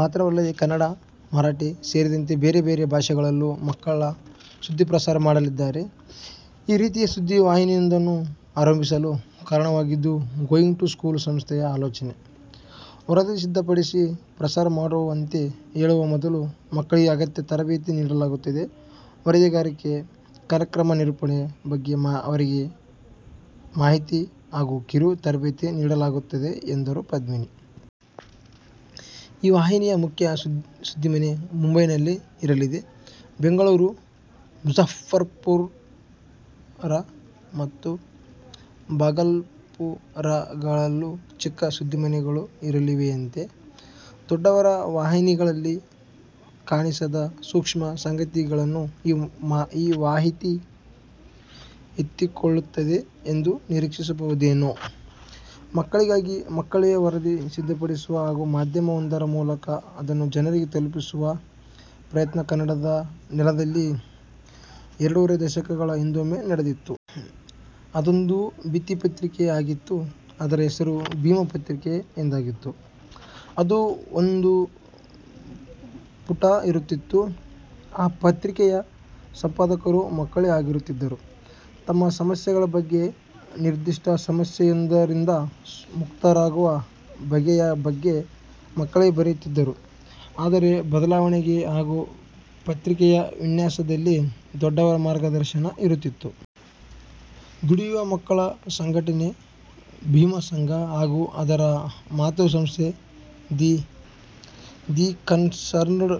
ಮಾತ್ರವಲ್ಲದೆ ಕನ್ನಡ, ಮರಾಠಿ ಸೇರಿದಂತೆ ಬೇರೆ ಬೇರೆ ಭಾಷೆಗಳಲ್ಲೂ ಮಕ್ಕಳು ಸುದ್ದಿ ಪ್ರಸಾರ ಮಾಡಲಿದ್ದಾರೆ. ಈ ರೀತಿಯ ಸುದ್ದಿ ವಾಹಿನಿಯೊಂದನ್ನು ಆರಂಭಿಸಲು ಕಾರಣವಾಗಿದ್ದು ಗೋಯಿಂಗ್ ಟು ಸ್ಕೂಲ್ ಸಂಸ್ಥೆಯ ಆಲೋಚನೆ. ವರದಿ ಸಿದ್ಧಪಡಿಸಿ, ಪ್ರಸಾರ ಮಾಡುವಂತೆ ಹೇಳುವ ಮೊದಲು ಮಕ್ಕಳಿಗೆ ಅಗತ್ಯ ತರಬೇತಿ ನೀಡಲಾಗುತ್ತದೆ. ವರದಿಗಾರಿಕೆ, ಕಾರ್ಯಕ್ರಮ ನಿರೂಪಣೆ ಬಗ್ಗೆ ಅವರಿಗೆ ಮಾಹಿತಿ ಹಾಗೂ ಕಿರು ತರಬೇತಿ ನೀಡಲಾಗುತ್ತದೆ' ಎಂದರು ಪದ್ಮಿನಿ. ಈ ವಾಹಿನಿಯ ಮುಖ್ಯ 'ಸುದ್ದಿಮನೆ' ಮುಂಬೈನಲ್ಲಿ ಇರಲಿದೆ. ಬೆಂಗಳೂರು, ಮುಝಫ್ಫರ್ಪುರ ಮತ್ತು ಭಾಗಲ್ಪುರಗಳಲ್ಲೂ ಚಿಕ್ಕ 'ಸುದ್ದಿಮನೆ'ಗಳು ಇರಲಿವೆಯಂತೆ. ದೊಡ್ಡವರ ವಾಹಿನಿಗಳಲ್ಲಿ ಕಾಣಿಸದ ಸೂಕ್ಷ್ಮ ಸಂಗತಿಗಳನ್ನು ಈ ವಾಹಿತಿ ಎತ್ತಿಕೊಳ್ಳುತ್ತದೆ ಎಂದು ನಿರೀಕ್ಷಿಸಬಹುದೇನೋ. ಮಕ್ಕಳಿಗಾಗಿ ಮಕ್ಕಳೇ ವರದಿ ಸಿದ್ಧಪಡಿಸುವ ಹಾಗೂ ಮಾಧ್ಯಮವೊಂದರ ಮೂಲಕ ಅದನ್ನು ಜನರಿಗೆ ತಲುಪಿಸುವ ಪ್ರಯತ್ನ ಕನ್ನಡದ ನೆಲದಲ್ಲಿ ಎರಡೂವರೆ ದಶಕಗಳ ಹಿಂದೊಮ್ಮೆ ನಡೆದಿತ್ತು. ಅದೊಂದು ಭಿತ್ತಿ ಪತ್ರಿಕೆ ಆಗಿತ್ತು. ಅದರ ಹೆಸರು 'ಭೀಮ ಪತ್ರಿಕೆ' ಎಂದಾಗಿತ್ತು. ಅದು ಒಂದು ಪುಟ ಇರುತ್ತಿತ್ತು. ಆ ಪತ್ರಿಕೆಯ ಸಂಪಾದಕರು ಮಕ್ಕಳೇ ಆಗಿರುತ್ತಿದ್ದರು. ತಮ್ಮ ಸಮಸ್ಯೆಗಳ ಬಗ್ಗೆ, ನಿರ್ದಿಷ್ಟ ಸಮಸ್ಯೆಯೊಂದರಿಂದ ಮುಕ್ತರಾಗುವ ಬಗೆಯ ಬಗ್ಗೆ ಮಕ್ಕಳೇ ಬರೆಯುತ್ತಿದ್ದರು. ಆದರೆ ಬರವಣಿಗೆ ಹಾಗೂ ಪತ್ರಿಕೆಯ ವಿನ್ಯಾಸದಲ್ಲಿ ದೊಡ್ಡವರ ಮಾರ್ಗದರ್ಶನ ಇರುತ್ತಿತ್ತು. ದುಡಿಯುವ ಮಕ್ಕಳ ಸಂಘಟನೆ 'ಭೀಮ ಸಂಘ' ಹಾಗೂ ಅದರ ಮಾತೃ ಸಂಸ್ಥೆ 'the concerned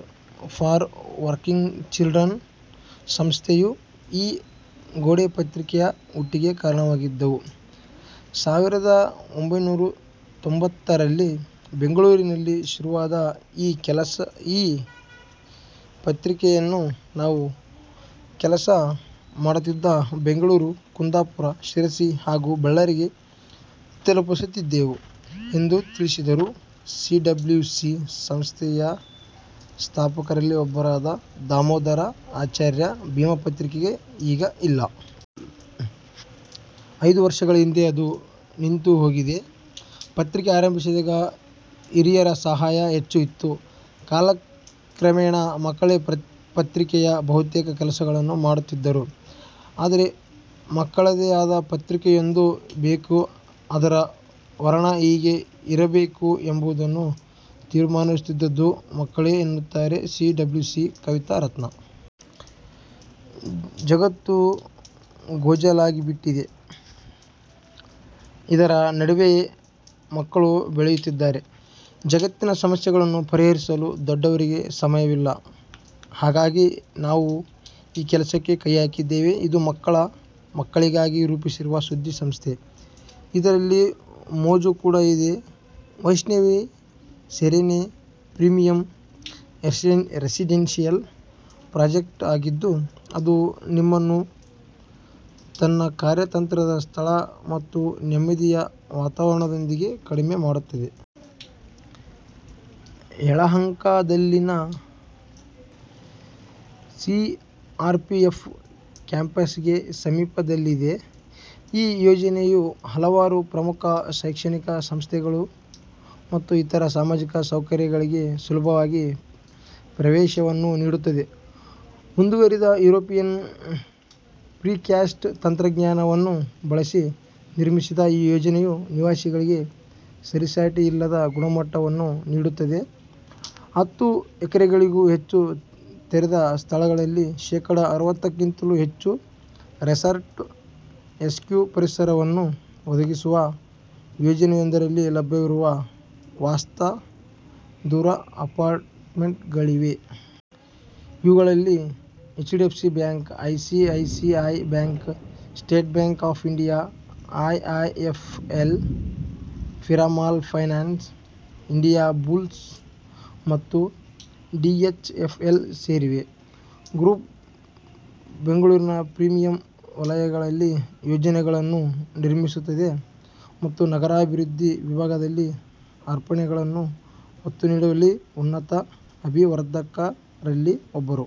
for working children' ಸಂಸ್ಥೆಯು ಈ ಗೋಡೆಪತ್ರಿಕೆಯ ಹುಟ್ಟಿಗೆ ಕಾರಣವಾಗಿದ್ದವು. 'ಸಾವಿರದ ಒಂಭೈನೂರ ತೊಂಭತ್ತರಲ್ಲಿ ಬೆಂಗಳೂರಿನಲ್ಲಿ ಶುರುವಾದ ಈ ಪತ್ರಿಕೆಯನ್ನು ನಾವು ಕೆಲಸ ಮಾಡುತ್ತಿದ್ದ ಬೆಂಗಳೂರು, ಕುಂದಾಪುರ, ಶಿರಸಿ ಹಾಗೂ ಬಳ್ಳಾರಿಗೆ ತಲುಪಿಸುತ್ತಿದ್ದೆವು' ಎಂದು ತಿಳಿಸಿದರು ಸಿಡಬ್ಲ್ಯೂಸಿ ಸಂಸ್ಥೆಯ ಸ್ಥಾಪಕರಲ್ಲಿ ಒಬ್ಬರಾದ ದಾಮೋದರ ಆಚಾರ್ಯ 'ಭೀಮ ಪತ್ರಿಕೆ' ಈಗ ಇಲ್ಲ. ಐದು ವರ್ಷಗಳ ಹಿಂದೆ ಅದು ನಿಂತುಹೋಗಿದೆ. 'ಪತ್ರಿಕೆ ಆರಂಭಿಸಿದಾಗ ಹಿರಿಯರ ಸಹಾಯ ಹೆಚ್ಚು ಇತ್ತು. ಕಾಲಕ್ರಮೇಣ ಮಕ್ಕಳೇ ಪತ್ರಿಕೆಯ ಬಹುತೇಕ ಕೆಲಸಗಳನ್ನು ಮಾಡಿಕೊಳ್ಳುತ್ತಿದ್ದರು. ಆದರೆ, ಮಕ್ಕಳದೇ ಆದ ಪತ್ರಿಕೆಯೊಂದು ಬೇಕು, ಅದರ ಹೂರಣ ಹೀಗೇ ಇರಬೇಕು ಎಂಬುದನ್ನು ತೀರ್ಮಾನಿಸುತ್ತಿದ್ದುದು ಮಕ್ಕಳೇ' ಎನ್ನುತ್ತಾರೆ ಸಿಡಬ್ಲ್ಯೂಸಿಯ ಕವಿತಾ ರತ್ನಾ. ಜಗತ್ತು ಗೋಜಲಾಗಿಬಿಟ್ಟಿದೆ. ಇದರ ನಡುವೆಯೇ ಮಕ್ಕಳು ಬೆಳೆಯುತ್ತಿದ್ದಾರೆ. ಜಗತ್ತಿನ ಸಮಸ್ಯೆಗಳನ್ನು ಪರಿಹರಿಸಲು ದೊಡ್ಡವರಿಗೆ ಸಮಯವಿಲ್ಲ. ಹಾಗಾಗಿ ನಾವು ಈ ಕೆಲಸಕ್ಕೆ ಕೈಹಾಕಿದ್ದೇವೆ. ಇದು ಮಕ್ಕಳು, ಮಕ್ಕಳಿಗಾಗಿ ರೂಪಿಸಿರುವ ಸುದ್ಧಿ ಸಂಸ್ಥೆ. ಇದರಲ್ಲಿ ಮೋಜು ಕೂಡ ಇದೆ. Vaishnavi serene premium residential project ಆಗಿದ್ದು, ಅದು ನಿಮ್ಮನ್ನು ತನ್ನ ಕಾರ್ಯತಂತ್ರದ ಸ್ಥಳ ಮತ್ತು ನೆಮ್ಮದಿಯ ವಾತಾವರಣದೊಂದಿಗೆ ಕಡಿಮೆ ಮಾಡುತ್ತದೆ. ಯಳಹಂಕಾದಲ್ಲಿನ ಸಿಆರ್ಪಿಎಫ್ ಕ್ಯಾಂಪಸ್ಗೆ ಸಮೀಪದಲ್ಲಿದೆ, ಈ ಯೋಜನೆಯು ಹಲವಾರು ಪ್ರಮುಖ ಶೈಕ್ಷಣಿಕ ಸಂಸ್ಥೆಗಳು ಮತ್ತು ಇತರ ಸಾಮಾಜಿಕ ಸೌಕರ್ಯಗಳಿಗೆ ಸುಲಭವಾಗಿ ಪ್ರವೇಶವನ್ನು ನೀಡುತ್ತದೆ. ಮುಂದುವರಿದ ಯುರೋಪಿಯನ್ ಪ್ರಿಕ್ಯಾಸ್ಟ್ ತಂತ್ರಜ್ಞಾನವನ್ನು ಬಳಸಿ ನಿರ್ಮಿಸಿದ ಈ ಯೋಜನೆಯು ನಿವಾಸಿಗಳಿಗೆ ಸರಿಸಾಟಿಯಿಲ್ಲದ ಗುಣಮಟ್ಟವನ್ನು ನೀಡುತ್ತದೆ. ಹತ್ತು ಎಕರೆಗಳಿಗೂ ಹೆಚ್ಚು ತೆರೆದ ಸ್ಥಳಗಳಲ್ಲಿ ಶೆಕಡಾ ಅರವತ್ತಕ್ಕಿಂತಲೂ ಹೆಚ್ಚು ರೆಸಾರ್ಟ್ ಎಸ್ಕ್ಯೂ ಪರಿಸರವನ್ನು ಒದಗಿಸುವ ಯೋಜನೆಯೊಂದರಲ್ಲಿ ಲಭ್ಯವಿರುವ ವಾಸ್ತ ದೂರು ಅಪಾರ್ಟ್ಮೆಂಟ್ಗಳಿವೆ. ಇವುಗಳಲ್ಲಿ HDFC bank, ICICI bank, state bank of India, IIFL, Piramal Finance, Indiabulls ಮತ್ತು ಡಿಎಚ್ಎಫ್ಎಲ್ ಸೇರಿವೆ. ಗ್ರೂಪ್ ಬೆಂಗಳೂರಿನ ಪ್ರೀಮಿಯಂ ವಲಯಗಳಲ್ಲಿ ಯೋಜನೆಗಳನ್ನು ನಿರ್ಮಿಸುತ್ತದೆ ಮತ್ತು ನಗರಾಭಿವೃದ್ಧಿ ವಿಭಾಗದಲ್ಲಿ ಅರ್ಪಣೆಗಳನ್ನು ಒತ್ತು ನೀಡುವಲ್ಲಿ ಉನ್ನತ ಅಭಿವರ್ಧಕರಲ್ಲಿ ಒಬ್ಬರು.